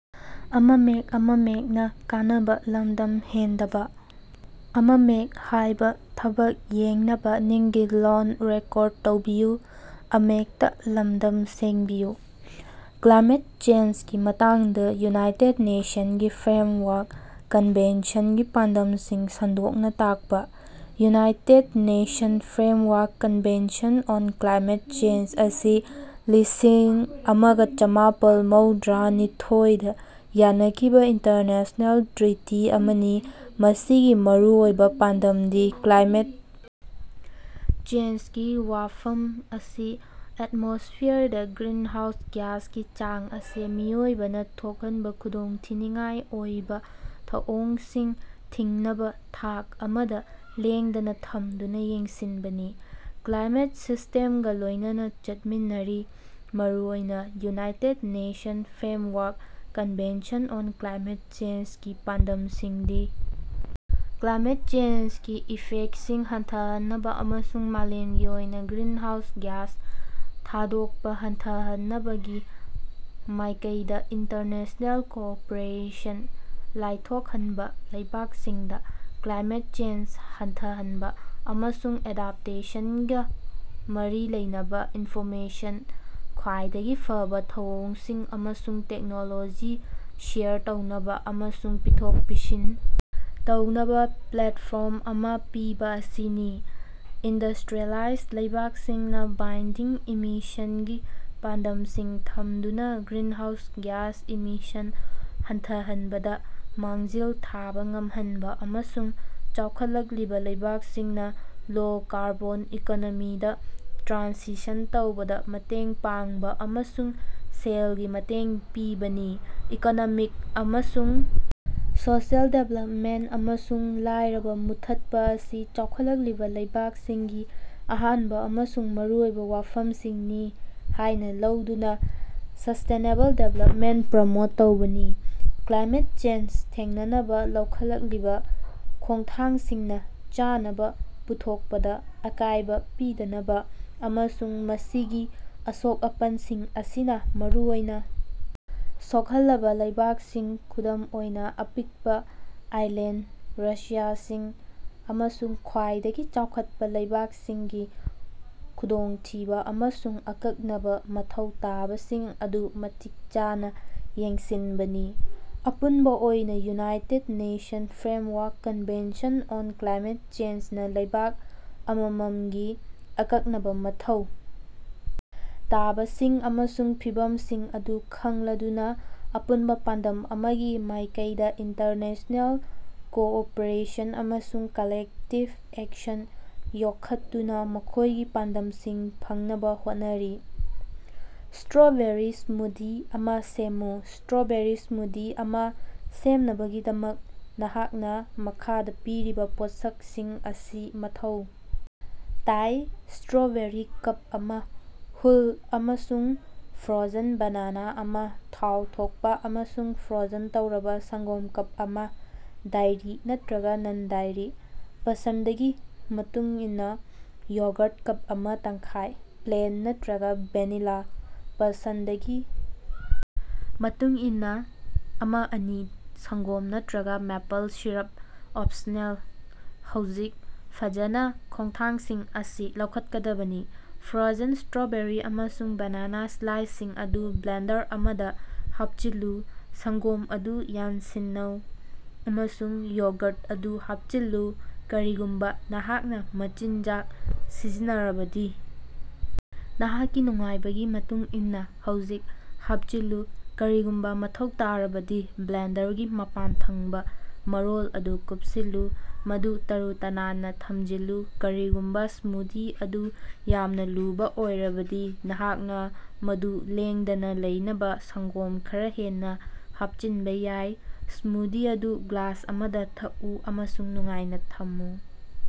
Climate change ꯃꯇꯥꯡꯗ United nations ꯒꯤ framework ꯀꯟꯚꯦꯟꯁꯟꯒꯤ ꯄꯥꯟꯗꯝꯁꯤꯡ ꯁꯟꯗꯣꯛꯅ ꯇꯥꯛꯄ꯫ United nations framework convention on climate change ꯑꯁꯤ ꯂꯤꯁꯤꯜ ꯑꯃꯒ ꯆꯥꯃꯄꯜ ꯃꯧꯗ꯭ꯔꯥ ꯅꯤꯊꯣꯏ ꯗꯥ ꯌꯥꯟꯈꯤꯕ ꯏꯟꯇꯔꯅꯦꯁ꯭ꯅꯦꯜ ꯇ꯭ꯔꯤꯇꯤ ꯑꯃꯅꯤ, ꯃꯁꯤꯒꯤ ꯃꯔꯨꯑꯣꯏꯕ ꯄꯥꯟꯗꯝꯗꯤ ꯀ꯭ꯂꯥꯏꯃꯦꯠ ꯆꯦꯟꯖꯒꯤ ꯋꯥꯐꯝ ꯑꯁꯤ ꯑꯦꯟꯃꯣꯁ꯭ꯐꯤꯌꯔꯗ ꯒ꯭ꯔꯤꯟꯍꯥꯎꯁ ꯒ꯭ꯌꯥꯁꯀꯤ ꯆꯥꯡ ꯑꯁꯤ ꯃꯤꯑꯣꯏꯕꯅ ꯊꯣꯛꯍꯟꯕ ꯈꯨꯗꯣꯡꯊꯤꯅꯤꯡꯉꯥꯏ ꯑꯣꯏꯕ ꯊꯧꯑꯣꯡꯁꯤꯡ ꯊꯤꯡꯅꯕ ꯊꯥꯛ ꯑꯃꯗ ꯂꯦꯡꯗꯅ ꯊꯝꯗꯨꯅ ꯌꯦꯡꯁꯤꯟꯕꯅꯤ꯫ ꯀ꯭ꯂꯥꯏꯃꯦꯠ ꯁꯤꯁꯇꯦꯝꯒ ꯂꯣꯏꯅꯅ ꯆꯠꯃꯤꯟꯅꯔꯤ꯫ ꯃꯔꯨꯑꯣꯏꯅ, united nations framework convention on climate ꯆꯦꯟꯖꯒꯤ ꯄꯥꯟꯗꯝꯁꯤꯡꯗꯤ - ꯀ꯭ꯂꯥꯏꯃꯦꯠ ꯆꯦꯟꯖꯒꯤ ꯏꯐꯦꯛꯇꯁꯤꯡ ꯍꯟꯊꯍꯟꯅꯕ ꯑꯃꯁꯨꯡ ꯃꯥꯂꯦꯝꯒꯤ ꯑꯣꯏꯅ ꯒ꯭ꯔꯤꯟꯍꯥꯎꯁ ꯒ꯭ꯌꯥꯁ ꯊꯥꯗꯣꯛꯄ ꯍꯟꯊꯍꯟꯅꯕꯒꯤ ꯃꯥꯏꯀꯩꯗ ꯏꯟꯇꯔꯅꯦꯁ꯭ꯅꯦꯜ ꯀꯣꯑꯣꯄꯔꯦꯁꯟ ꯂꯥꯏꯊꯣꯛꯍꯟꯕ, ꯂꯩꯕꯥꯛꯁꯤꯡꯗ ꯀ꯭ꯂꯥꯏꯃꯦꯠ ꯆꯦꯟꯖ ꯍꯟꯊꯍꯟꯕ ꯑꯃꯁꯨꯡ ꯑꯦꯗꯞꯇꯦꯁꯟꯒ ꯃꯔꯤ ꯂꯩꯅꯕ ꯏꯟꯐꯣꯔꯃꯦꯁꯟ, ꯈ꯭ꯋꯥꯏꯗꯒꯤ ꯐꯕꯥ ꯊꯧꯑꯣꯡꯁꯤꯡ, ꯑꯃꯁꯨꯡ ꯇꯦꯛꯅꯣꯂꯣꯖꯤ ꯁꯦꯌꯔ ꯇꯧꯅꯕ ꯑꯃꯁꯨꯡ ꯄꯤꯊꯣꯛ-ꯄꯤꯁꯤꯟ ꯇꯧꯅꯕ ꯄ꯭ꯂꯦꯠꯐꯣꯝ ꯑꯃ ꯄꯤꯕ ꯑꯁꯤꯅꯤ꯫ ꯏꯟꯗꯁꯇ꯭ꯔꯤꯌꯦꯂꯥꯏꯖ ꯂꯩꯕꯥꯛꯁꯤꯡꯅ ꯕꯥꯏꯟꯗꯤꯡ ꯏꯃꯤꯁꯟꯒꯤ ꯄꯥꯟꯗꯝꯁꯤꯡ ꯊꯝꯗꯨꯅ ꯒ꯭ꯔꯤꯟꯍꯥꯎꯁ ꯒ꯭ꯌꯥꯁ ꯏꯃꯤꯁꯟ ꯍꯟꯊꯍꯟꯕꯗ ꯃꯥꯡꯖꯤꯜ ꯊꯥꯕ ꯉꯝꯍꯟꯕ, ꯑꯃꯁꯨꯡ ꯆꯥꯎꯈꯠꯂꯛꯂꯤꯕ ꯂꯩꯕꯥꯛꯁꯤꯡꯅ ꯂꯣ-ꯀꯥꯔꯕꯣꯟ ꯏꯀꯣꯅꯣꯃꯤꯗ ꯇ꯭ꯔꯥꯟꯁꯤꯁꯟ ꯇꯧꯕꯗ ꯃꯇꯦꯡ ꯄꯥꯡꯕ ꯑꯃꯁꯨꯡ ꯁꯦꯜꯒꯤ ꯃꯇꯦꯡ ꯄꯤꯕꯅꯤ꯫ ꯏꯀꯣꯅꯣꯃꯤꯛ ꯑꯃꯁꯨꯡ ꯁꯣꯁꯤꯌꯦꯜ ꯗꯤꯕꯦꯂꯞꯃꯦꯟꯇ ꯑꯃꯁꯨꯡ ꯂꯥꯏꯔꯕ ꯃꯨꯠꯊꯠꯄ ꯑꯁꯤ ꯆꯥꯎꯈꯠꯂꯛꯂꯤꯕ ꯂꯩꯕꯥꯛꯁꯤꯡꯒꯤ ꯑꯍꯥꯟꯕ ꯑꯃꯁꯨꯡ ꯃꯔꯨ ꯑꯣꯏꯕ ꯋꯥꯐꯝꯁꯤꯡꯅꯤ ꯍꯥꯏꯅ ꯂꯧꯗꯨꯅ ꯁ꯭ꯁꯇꯦꯅꯦꯕꯜ ꯗꯤꯕꯦꯂꯞꯃꯦꯟꯇ ꯄ꯭ꯔꯃꯣꯠ ꯇꯧꯕꯅꯤ꯫ ꯀ꯭ꯂꯥꯏꯃꯦꯠ ꯆꯦꯟꯖ ꯊꯦꯡꯅꯅꯕ ꯂꯧꯈꯠꯂꯤꯕ ꯈꯣꯡꯊꯥꯡꯁꯤꯡꯅ ꯆꯥꯅꯕ ꯄꯨꯊꯣꯛꯄꯗ ꯑꯀꯥꯏꯕ ꯄꯤꯗꯅꯕ, ꯑꯃꯁꯨꯡ ꯃꯁꯤꯒꯤ ꯑꯁꯣꯛ-ꯑꯄꯟꯁꯤꯡ ꯑꯁꯤꯅ ꯃꯔꯨꯑꯣꯏꯅ ꯁꯣꯛꯍꯜꯂꯕ ꯂꯩꯕꯥꯛꯁꯤꯡ, ꯈꯨꯗꯝ ꯑꯣꯏꯅ ꯑꯄꯤꯛꯄ ꯑꯥꯏꯂꯦꯟꯗ ꯔꯥꯖ꯭ꯌꯁꯤꯡ ꯑꯃꯁꯨꯡ ꯈ꯭ꯋꯥꯏꯗꯒꯤ ꯆꯥꯎꯈꯠꯄ ꯂꯩꯕꯥꯛꯁꯤꯡꯒꯤ ꯈꯨꯗꯣꯡꯊꯤꯕ ꯑꯃꯁꯨꯡ ꯑꯀꯛꯅꯕ ꯃꯊꯧ ꯇꯥꯕꯁꯤꯡ ꯑꯗꯨ ꯃꯇꯤꯛ ꯆꯥꯅ ꯌꯦꯡꯁꯤꯟꯕꯅꯤ꯫ ꯑꯄꯨꯟꯕ ꯑꯣꯏꯅ, united nations framework convention on climate ꯆꯦꯟꯖꯅ ꯂꯩꯕꯥꯛ ꯑꯃꯃꯝꯒꯤ ꯑꯀꯛꯅꯕ ꯃꯊꯧ ꯇꯥꯕꯁꯤꯡ ꯑꯃꯁꯨꯡ ꯐꯤꯚꯝꯁꯤꯡ ꯑꯗꯨ ꯈꯪꯂꯗꯨꯅ, ꯑꯄꯨꯟꯕ ꯄꯥꯟꯗꯝ ꯑꯃꯒꯤ ꯃꯥꯏꯀꯩꯗ ꯏꯟꯇꯔꯅꯦꯁ꯭ꯅꯦꯜ ꯀꯣꯑꯣꯄꯔꯦꯁꯟ ꯑꯃꯁꯨꯡ ꯀꯂꯦꯛꯇꯤꯕ ꯑꯦꯛꯁꯟ ꯌꯣꯛꯈꯠꯇꯨꯅ ꯃꯈꯣꯏꯒꯤ ꯄꯥꯟꯗꯝꯁꯤꯡ ꯐꯪꯅꯕ ꯍꯣꯠꯅꯔꯤ꯫ ꯁ꯭ꯇꯔꯣꯕꯦꯔꯤ ꯁ꯭ꯃꯨꯗꯤ ꯑꯃ ꯁꯦꯝꯃꯨ꯫ ꯁ꯭ꯇꯔꯣꯕꯦꯔꯤ ꯁ꯭ꯃꯨꯗꯤ ꯑꯃ ꯁꯦꯝꯅꯕꯒꯤꯗꯃꯛ, ꯅꯍꯥꯛꯅ ꯃꯈꯥꯗ ꯄꯤꯔꯤꯕ ꯄꯣꯠꯁꯛꯁꯤꯡ ꯑꯁꯤ ꯃꯊꯧ ꯇꯥꯏ - ꯁ꯭ꯇꯔꯣꯕꯦꯔꯤ ꯀꯞ ꯑꯃ, ꯍꯨꯜ ꯑꯃꯁꯨꯡ ꯐ꯭ꯔꯣꯖꯟ ꯕꯦꯅꯥꯅꯥ ꯑꯃ, ꯊꯥꯎ ꯊꯣꯛꯄ ꯑꯃꯁꯨꯡ ꯐ꯭ꯔꯣꯖꯟ ꯇꯧꯔꯕ ꯁꯪꯒꯣꯝ ꯀꯞ ꯑꯃ - ꯗꯥꯏꯔꯤ ꯅꯠꯇꯔꯒ ꯅꯟ-ꯗꯥꯏꯔꯤ, ꯄꯁꯟꯗꯒꯤ ꯃꯇꯨꯡꯏꯟꯅ ꯌꯣꯒ꯭ꯔꯠ ꯀꯞ ꯑꯃ ꯇꯪꯈꯥꯏ - ꯄ꯭ꯂꯦꯟ ꯅꯠꯇꯔꯒ ꯚꯦꯅꯤꯂ, ꯄꯁꯟꯗꯒꯤ ꯃꯇꯨꯡꯏꯟꯅ, ꯑꯃ-ꯑꯅꯤ ꯁꯪꯒꯣꯝ ꯅꯠꯇꯔꯒ ꯃꯦꯄꯜ ꯁꯤꯔꯞ ꯑꯣꯞꯁꯅꯦꯜ ꯍꯧꯖꯤꯛ, ꯐꯖꯅ ꯈꯣꯡꯊꯥꯡꯁꯤꯡ ꯑꯁꯤ ꯂꯧꯈꯠꯀꯗꯕꯅꯤ ,ꯐ꯭ꯔꯣꯖꯟ ꯁ꯭ꯇꯔꯣꯕꯦꯔꯤ ꯑꯃꯁꯨꯡ ꯕꯦꯅꯥꯅꯥ ꯁ꯭ꯂꯥꯏꯁꯁꯤꯡ ꯑꯗꯨ ꯕ꯭ꯂꯦꯟꯗꯔ ꯑꯃꯗ ꯍꯥꯞꯆꯤꯜꯂꯨ꯫ ꯁꯪꯒꯣꯝ ꯑꯗꯨ ꯌꯥꯟꯁꯤꯟꯅꯧ ꯑꯃꯁꯨꯡ ꯌꯣꯒ꯭ꯔꯠ ꯑꯗꯨ ꯍꯥꯞꯆꯤꯜꯂꯨ꯫ ꯀꯔꯤꯒꯨꯝꯕ ꯅꯍꯥꯛꯅ ꯃꯆꯤꯟꯖꯥꯛ ꯁꯤꯖꯤꯟꯅꯔꯕꯗꯤ, ꯅꯍꯥꯛꯀꯤ ꯅꯨꯡꯉꯥꯏꯕꯒꯤ ꯃꯇꯨꯡ ꯏꯟꯅꯥ ꯍꯧꯖꯤꯛ ꯍꯥꯞꯆꯤꯜꯂꯨ꯫ ꯀꯔꯤꯒꯨꯝꯕ ꯃꯊꯧ ꯇꯥꯔꯕꯗꯤ ꯕ꯭ꯂꯦꯟꯗꯔꯒꯤ ꯃꯄꯥꯟꯊꯪꯕ ꯃꯔꯣꯜ ꯑꯗꯨ ꯀꯨꯞꯁꯤꯜꯂꯨ, ꯃꯗꯨ ꯇꯥꯔꯨ-ꯇꯅꯥꯟꯅ ꯊꯝꯖꯤꯜꯂꯨ꯫ ꯀꯔꯤꯒꯨꯝꯕ ꯁ꯭ꯃꯨꯗꯤ ꯑꯗꯨ ꯌꯥꯝꯅ ꯂꯨꯕ ꯑꯣꯏꯔꯕꯗꯤ, ꯅꯍꯥꯛꯅ ꯃꯗꯨ ꯂꯦꯡꯗꯅ ꯂꯩꯅꯕ ꯁꯪꯒꯣꯝ ꯈꯔꯥ ꯍꯦꯟꯅ ꯍꯥꯞꯆꯤꯟꯕ‌ ꯌꯥꯏ꯫ ꯁ꯭ꯃꯨꯗꯤ ꯑꯗꯨ ꯒ꯭ꯂꯥꯁ ꯑꯃꯗ ꯊꯛꯎ ꯑꯃꯁꯨꯡ ꯅꯨꯡꯉꯥꯏꯅ ꯊꯝꯃꯨ꯫